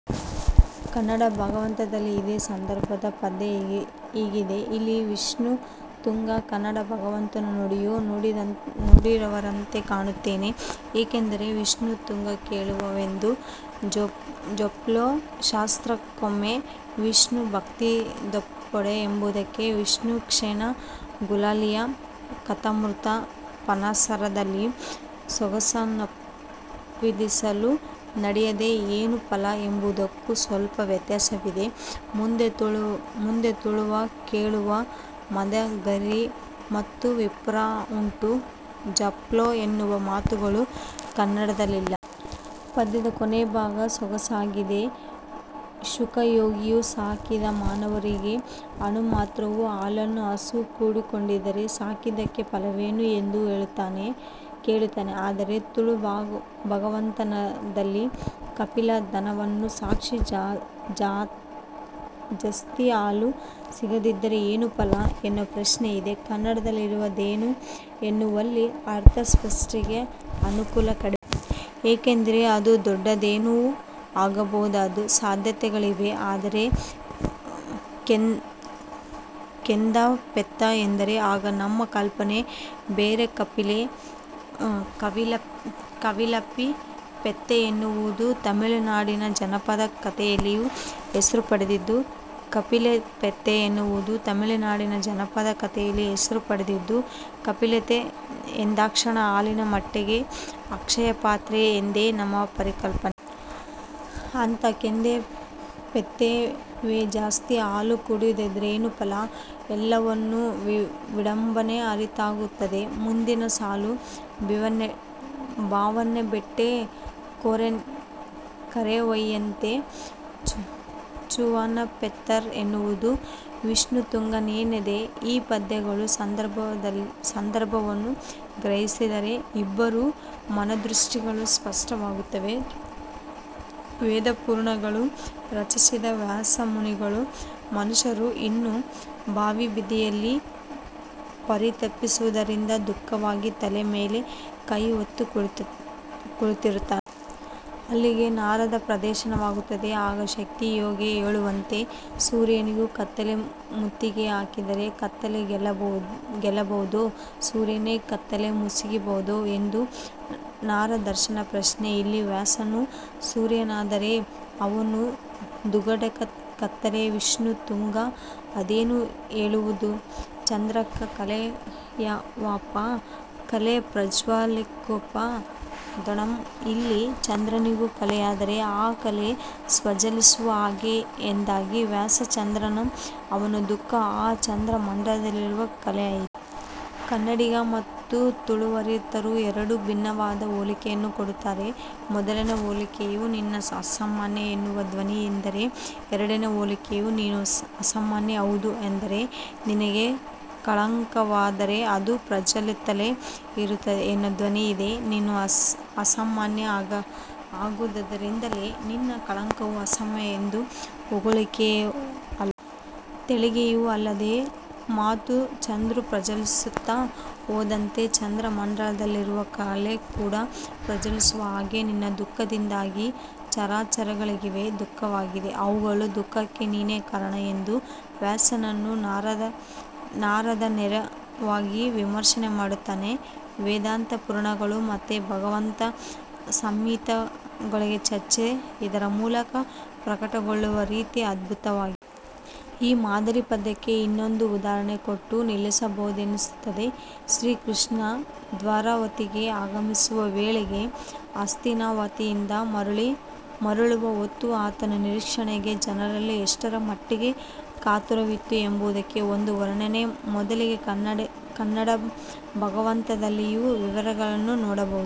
ಕನ್ನಡ ಭಾಗವತದಲ್ಲಿ ಇದೇ ಸಂದರ್ಭದ ಪದ್ಯ ಹೀಗಿದೆ. ಇಲ್ಲಿ ವಿಷ್ಣುತುಂಗ ಕನ್ನಡ ಭಾಗವತವನ್ನು ನೋಡಿಯೂ ನೋಡದವರಂತೆ ಕಾಣುತ್ತಾನೆ. ಏಕೆಂದರೆ ವಿಷ್ಣು ತುಂಗ ಕೇಳುವ 'ವೆಂದ್ ಜಾಫಲೊ ಶಾಸ್ತ್ರಕರ್ಮೊಮಿ ವಿಷ್ಣುಭಕ್ತಿದನೆಪ್ಪುಟಾ ಎಂಬುದಕ್ಕೂ ವಿಷ್ಪಕ್ಷೇನ ಗುಣಲೀಲಾ ಕಥಾಮೃತ ಪಾನರಸದಲಿ ಸೊಗಸನುತ್ಪಾದಿಸಲು ನೆರೆಯದೆಡೆ-ಏನು ಫಲ ಎನ್ನುವುದಕ್ಕೂ ಸ್ವಲ್ಪ ವ್ಯತ್ಯಾಸವಿದೆ. ಮುಂದೆ ತುಳುವ ಕೇಳುವ ಮಂದಭಾಗೈರ್ ಮತ್ತು ವಿಪ್ರೆರಾವುಂಟ ಜಾಫಲೋ ಎನ್ನುವ ಮಾತುಗಳು ಕನ್ನಡದಲ್ಲಿಲ್ಲ. ಪದ್ಯದ ಕೊನೆಯ ಭಾಗ ಸೊಗಸಾಗಿದೆ. ಶುಕಯೋಗಿಯು ಸಾಕಿದ ಮಾನವರಿಗೆ ಅಣು ಮಾತ್ರವೂ ಹಾಲನ್ನೂ ಹಸು ಕೊಡದಿದ್ದರೆ ಸಾಕಿದ್ದಕ್ಕೆ ಫಲವೇನು ಎಂದು ಕೇಳುತ್ತಾನೆ. ಆದರೆ ತುಳುಭಾಗವತದಲ್ಲಿ 'ಕಪಿಲೆ ದನವನ್ನು ಸಾಕಿ ಜಾಸ್ತಿ ಹಾಲು ಸಿಗದಿದ್ದರೆ ಏನು ಫಲ? ಎನ್ನುವ ಪ್ರಶ್ನೆಯಿದೆ. ಕನ್ನಡದಲ್ಲಿರುವ 'ಧೇನು' ಎನ್ನುವಲ್ಲಿ ಅರ್ಥ ಸ್ಪಷ್ಟತೆಗೆ ಅನುಕೂಲ ಕಡಿಮೆ. ಏಕೆಂದರೆ ಅದು 'ಗೊಡ್ಡುಧೇನು'ವೂ ಆಗಬಹುದಾದ ಸಾಧ್ಯತೆಗಳಿವೆ. ಆದರೆ 'ಕೆಂದ ಪೆತ್ತ' ಎಂದರೆ ಆಗ ನಮ್ಮ ಕಲ್ಪನೆಯೇ ಬೇರೆ 'ಕಪಿಲೆ', 'ಕವಿಲ್ತಿಪೆತ್ತ' ಎನ್ನುವುದು ತುಳುನಾಡಿನ ಜಾನಪದ ಕತೆಯಲ್ಲಿಯೂ ಹೆಸರು ಪಡೆದುದು. 'ಕಪಿಲೆ ಪೆತ್ತ' ಎನ್ನುವುದು ತುಳುನಾಡಿನ ಜಾನಪದ ಕತೆಯಲ್ಲಿಯೂ ಹೆಸರು ಪಡೆದುದು. 'ಕಪಿಲೆದನ' ಎಂದಾಕ್ಷಣ ಹಾಲಿನ ಮಟ್ಟಿಗೆ ಅಕ್ಷಯಪಾತ್ರೆ ಎಂದೇ ನಮ್ಮ ಪರಿಕಲ್ಪನೆ. ಅಂತಹ 'ಕೆಂದ ಪೆತ್ತ' ವೇ ಜಾಸ್ತಿ ಹಾಲು ಕೊಡದಿದ್ದರೆ ಏನು ಫಲ? ಎನ್ನುವಲ್ಲಿ ವಿಡಂಬನೆ ಹರಿತವಾಗುತ್ತದೆ. ಮುಂದಿನ ಸಾಲು 'ಭವಾಬ್ದೀಟೇ ಕರೆಯಂತ್ಯ ಚೂವನತೇಪ್ಪರ್' ಎನ್ನುವುದೂ ವಿಷ್ಣುತುಂಗನದೇ. ಈ ಪದ್ಯಗಳ ಸಂದರ್ಭವನ್ನು ಗ್ರಹಿಸಿದರೆ ಇಬ್ಬರ ಮನೋದೃಷ್ಟಿಗಳು ಸ್ಪಷ್ಟವಾಗುತ್ತವೆ. ವೇದಾದಿಪುರಾಣಗಳನ್ನು ರಚಿಸಿದ ವ್ಯಾಸಮುನಿಗೆ ಮನುಷ್ಯರು ಇನ್ನೂ ಭವಾಬ್ಧಿಯಲ್ಲಿ ಪರಿತಪಿಸುವುದರಿಂದ ದುಃಖವಾಗಿ ತಲೆ ಮೇಲೆ ಕೈ ಹೊತ್ತು ಕುಳಿತಿರುತ್ತಾನೆ. ಅಲ್ಲಿಗೆ ನಾರದನ ಪ್ರವೇಶವಾಗುತ್ತದೆ. ಆಗ ಶುಕಯೋಗಿ ಹೇಳುವಂತೆ 'ಸೂರ್ಯನಿಗೆ ಕತ್ತಲೆ ಮುತ್ತಿಗೆ ಹಾಕಿದರೆ ಕತ್ತಲೆ ಗೆಲ್ಲಬಹುದೋ''ಸೂರ್ಯನನ್ನೇ ಕತ್ತಲೆ ಮುಸುಕಬಹುದೇ ಎಂದು ನಾರದನ ಪ್ರಶ್ನೆ. ಇಲ್ಲಿ ವ್ಯಾಸನು ಸೂರ್ಯನಾದರೆ ಅವನು ದುಗುಡ ಕತ್ತಲೆ. ವಿಷ್ಣು ತುಂಗ ಅದನ್ನೇ ಹೇಳುವುದು ಚಂದ್ರಕೇ ಕಲೆಯಾವಪಾ ಕಲೆ ಪ್ರಜ್ವಲೀಪುಕ್ ಣಂದೊಮೆ' ಇಲ್ಲಿ ಚಂದ್ರನಿಗೇ ಕಲೆಯಾದರೆ ಆ ಕಲೆ ಪ್ರಜ್ವಲಿಸುವ ಹಾಗೆ ಎಂದಾಗಿ ವ್ಯಾಸ ಚಂದ್ರನಾದ ಅವನ ದುಃಖ ಆ ಚಂದ್ರಮಂಡದಲ್ಲಿರುವ ಕಲೆಯಾಯಿತು. ಕನ್ನಡಿಗ ಮತ್ತು ತುಳುವರೀರ್ವರು ಎರಡು ಭಿನ್ನವಾದ ಹೋಲಿಕೆಯನ್ನು ಕೊಡುತ್ತಾರೆ. ಮೊದಲಿನ ಹೋಲಿಕೆಯಲ್ಲಿ ನೀನು ಅಸಾಮಾನ್ಯ ಎನ್ನುವ ಧ್ವನಿಯಿದ್ದರೆ ಎರಡನೇ ಹೋಲಿಕೆಯಲ್ಲಿ ನೀನು ಅಸಾಮಾನ್ಯ ಹೌದು. ಆದರೆ ನಿನಗೆ ಕಳಂಕವಾದರೆ ಅದು ಪ್ರಜ್ವಲಿಸುತ್ತಲೇ ಇರುತ್ತದೆ ಎನ್ನುವ ಧ್ವನಿಯಿದೆ. ನೀನು ಅಸಾಮಾನ್ಯ, ಹಾಗಾದುದರಿಂದಲೇ ನಿನ್ನ ಕಳಂಕವೂ ಅಸಾಮಾನ್ಯ ಎಂದು ಹೊಗಳಿಕೆಯೂ ಅಲ್ಲ. ತೆಗಳಿಕೆಯೂ ಅಲ್ಲದ ಮಾತದು. ಚಂದ್ರ ಪ್ರಜ್ವಲಿಸುತ್ತಾ ಹೋದಂತೆ ಚಂದ್ರಮಂಡಲದಲ್ಲಿರುವ ಕಲೆ ಕೂಡಾ ಪ್ರಜ್ವಲಿಸುವ ಹಾಗೆ ನಿನ್ನ ದುಃಖದಿಂದಾಗಿ ಚರಾಚರಗಳಿಗೆಲ್ಲ ದುಃಖವಾಗಿದೆ. ಅವುಗಳ ದುಃಖಕ್ಕೆ ನೀನೇ ಕಾರಣ ಎಂದು ವ್ಯಾಸನನ್ನು ನಾರದ ನೇರವಾಗಿ ವಿಮರ್ಶೆ ಮಾಡುತ್ತಾನೆ. ವೇದಾದಿ ಪುರಾಣಗಳ ಮತ್ತು ಭಾಗವತ ಸಂಹಿತೆಗಳೊಳಗಿನ ಚರ್ಚೆ ಇದರ ಮೂಲಕ ಪ್ರಕಟಗೊಳ್ಳುವ ರೀತಿ ಅದ್ಭುತವಾಗಿದೆ. ಈ ಮಾದರಿಯ ಪದ್ಯಕ್ಕೆ ಇನ್ನೊಂದೇ ಉದಾಹರಣೆ ಕೊಟ್ಟು ನಿಲ್ಲಿಸಬಹುದೆನಿಸುತ್ತದೆ. ಶ್ರೀ ಕೃಷ್ಣ ದ್ವಾರಾವತಿಗೆ ಆಗಮಿಸುವ ವೇಳೆಗೆ ಹಸ್ತಿನಾವತಿಯಿಂದ ಮರಳುವ ಹೊತ್ತ ಆತನ ನಿರೀಕ್ಷಣೆಗೆ ಜನರಲ್ಲಿ ಎಷ್ಟರಮಟ್ಟಿಗೆ ಕಾತರವಿತ್ತು ಎಂಬುದಕ್ಕೆ ಒಂದು ವರ್ಣನೆ. ಮೊದಲಿಗೆ ಕನ್ನಡ ಭಾಗವತದಲ್ಲಿಯ ವಿವರಗಳನ್ನು ನೋಡಬಹುದು.